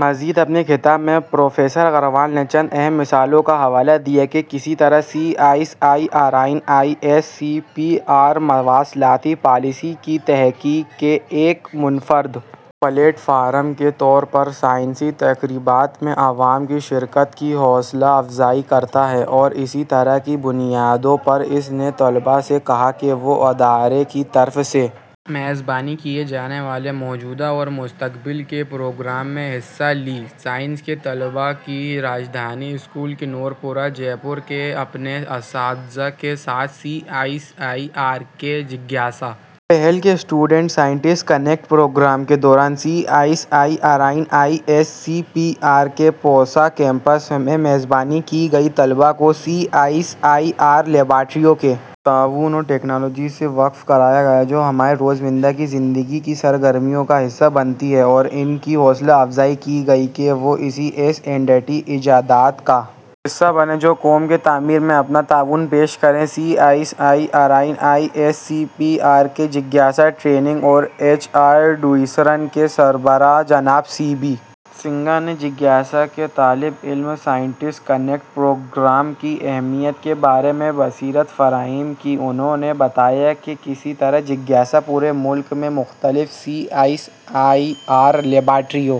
مزید اپنے خطاب میں پروفیسر اگروال نے چند اہم مثالوں کا حوالہ دیا کہ کس طرح C S I R N I S C P R مواصلاتی پالیسی کی تحقیق کے ایک منفرد پلیٹ فارم کے طور پر سائنسی تقریبات میں عوام کی شرکت کی حوصلہ افزائی کرتا ہے اور اسی طرح کی بنیادوں پر اس نے طلباء سے کہا کہ وہ ادارے کی طرف سے میزبانی کیے جانے والے موجودہ اور مستقبل کے پروگرام میں حصہ لیں سائنس کے طلباء کی راجدھانی اسکول کنور پورہ جے پور کے اپنے اساتذہ کے ساتھ سی ایس آئی آر کے جگیاسا پہل کے اسٹوڈنٹ سائنٹسٹ کنیکٹ پروگرام کے دوران C S I R N I S C P R کے پوسا کیمپس میں میزبانی کی گئی طلباء کو سی ایس آئی آر لیبارٹریوں کے تعاون اور ٹیکنالوجیز سے واقف کرایا گیا جو ہماری روزمرہ کی زندگی کی سرگرمیوں کا حصہ بنتی ہیں اور ان کی حوصلہ افزائی کی گئی کہ وہ ایسی ایس اینڈ ٹی ایجادات کا حصہ بنیں جو قوم کی تعمیر میں اپنا تعاون پیش کریں C S I R N I S C P R کے جگیاسا ٹریننگ اور ایچ آر ڈویژن کے سربراہ جناب سی بی سنگھ نے جگیاسا کے طالب علم سائنٹسٹ کنیکٹ پروگرام کی اہمیت کے بارے میں بصیرت فراہم کی انہوں نے بتایا کہ کس طرح جگیاسا پورے ملک میں مختلف سی ایس آئی آر لیبارٹریوں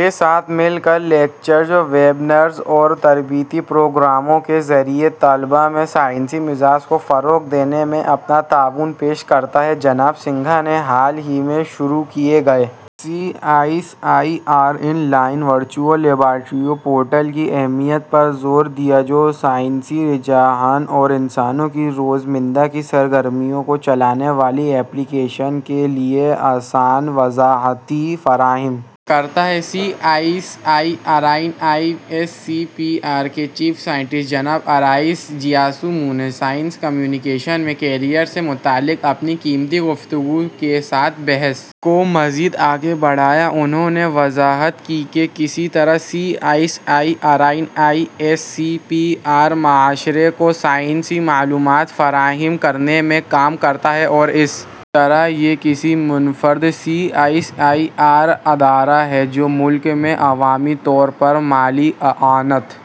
کے ساتھ مل کر لیکچرز ویبینرز اور تربیتی پروگراموں کے ذریعے طلباء میں سائنسی مزاج کو فروغ دینے میں اپنا تعاون پیش کرتا ہے جناب سنگھ نے حال ہی میں شروع کیے گئے C S I R online virtual laboratory portal کی اہمیت پر زور دیا جو سائنسی رجحان اور انسانوں کی روزمرہ کی سرگرمیوں کو چلانے والی ایپلی کیشنز کے لیے آسان وضاحتیں فراہم کرتا ہے C S I R N I S C P R کے چیف سائنٹسٹ جناب آر ایس جیاسو مو نے سائنس کمیونیکیشن میں کیریئر سے متعلق اپنی قیمتی گفتگو کے ساتھ بحث کو مزید آگے بڑھایا انہوں نے وضاحت کی کہ کس طرح C S I R N I S C P R معاشرے کو سائنسی معلومات فراہم کرنے میں کام کرتا ہے اور اس طرح یہ ایک منفرد سی ایس آئی آر ادارہ ہے جو ملک میں عوامی طور پر مالی اعانت